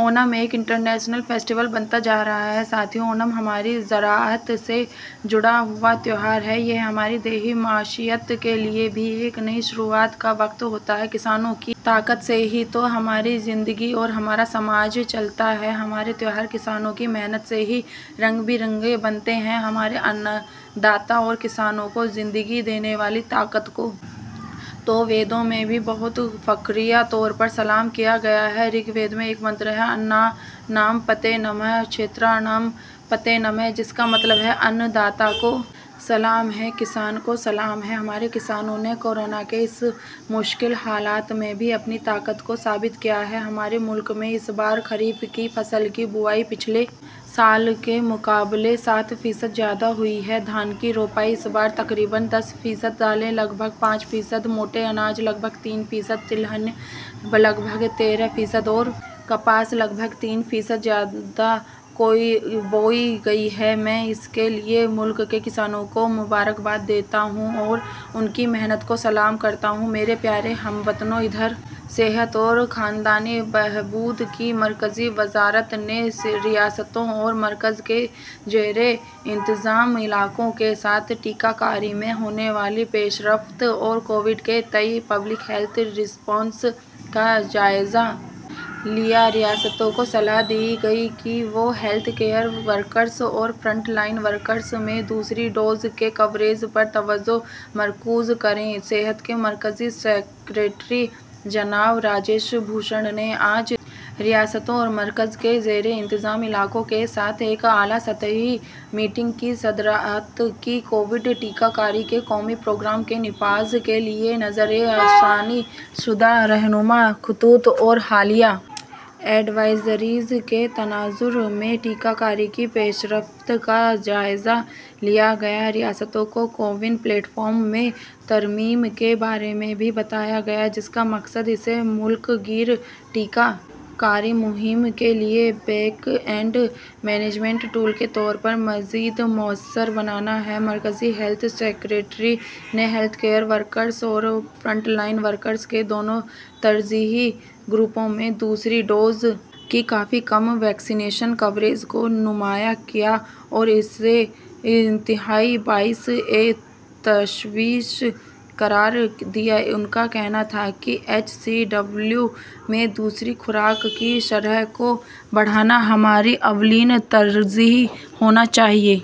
اونم ایک international festival بنتا جا رہا ہے ساتھیو اونم ہماری زراعت سے جڑا ہوا تہوار ہے یہ ہماری دیہی معیشت کے لیے بھی ایک نئی شروعات کا وقت ہوتا ہے کسانوں کی طاقت سے ہی تو ہماری زندگی اور ہمارا سماج چلتا ہے ہمارے تہوار کسانوں کی محنت سے ہی رنگ برنگے بنتے ہیں ہمارے اَن داتا اور کسانوں کو زندگی دینے والی طاقت کو تو ویدوں میں بھی بہت فخریہ طور پر سلام کیا گیا ہے رگ وید میں ایک منتر ہے اَنّا نام پتائے نماہ چھیترا نام پتائے نماہ جس کا مطلب ہے اَن داتا کو سلام ہے کسان کو سلام ہے ہمارے کسانوں نے کورونا کے اس مشکل حالات میں بھی اپنی طاقت کو ثابت کیا ہے ہمارے ملک میں اس بار خریف کی فصل کی بوائی پچھلے سال کے مقابلے سات فیصد زیادہ ہوئی ہے دھان کی روپائی اس بار تقریباً دس فیصد دالیں لگ بھگ پانچ فیصد موٹے اناج لگ بھگ تین فیصد تلہن لگ بھگ تیرہ فیصد اور کپاس لگ بھگ تین فیصد زیادہ بوئی گئی ہے میں اس کے لیے ملک کے کسانوں کو مبارکباد دیتا ہوں اور ان کی محنت کو سلام کرتا ہوں میرے پیارے ہم وطنو ادھر صحت اور خاندانی بہبود کی مرکزی وزارت نے ریاستوں اور مرکز کے زیر انتظام علاقوں کے ساتھ ٹیکہ کاری میں ہونے والی پیش رفت اور کووڈ کے تئیں پبلک ہیلتھ رسپانس کا جائزہ لیا ریاستوں کو صلاح دی گئی کہ وہ ہیلتھ کیئر ورکرز اور فرنٹ لائن ورکرز میں دوسری ڈوز کے کوریج پر توجہ مرکوز کریں صحت کے مرکزی سکریٹری جناب راجیش بھوشن نے آج ریاستوں اور مرکز کے زیر انتظام علاقوں کے ساتھ ایک اعلیٰ سطحی میٹنگ کی صدارت کی کووڈ ٹیکہ کاری کے قومی پروگرام کے نفاذ کے لیے نظر ثانی شدہ رہنما خطوط اور حالیہ ایڈوائزریز کے تناظر میں ٹیکہ کاری کی پیش رفت کا جائزہ لیا گیا ریاستوں کو کووِن پلیٹ فارم میں ترمیم کے بارے میں بھی بتایا گیا جس کا مقصد اسے ملک گیر ٹیکہ کاری مہم کے لیے بیک اینڈ مینجمنٹ ٹول کے طور پر مزید موثر بنانا ہے مرکزی ہیلتھ سکریٹری نے ہیلتھ کیئر ورکرز اور فرنٹ لائن ورکرز کے دونوں ترجیحی گروپوں میں دوسری ڈوز کی کافی کم ویکسینیشن کوریج کو نمایاں کیا اور اسے انتہائی باعث تشویش قرار دیا ان کا کہنا تھا کہ ایچ سی ڈبلیو میں دوسری خوراک کی شرح کو بڑھانا ہماری اولین ترجیح ہونا چاہیے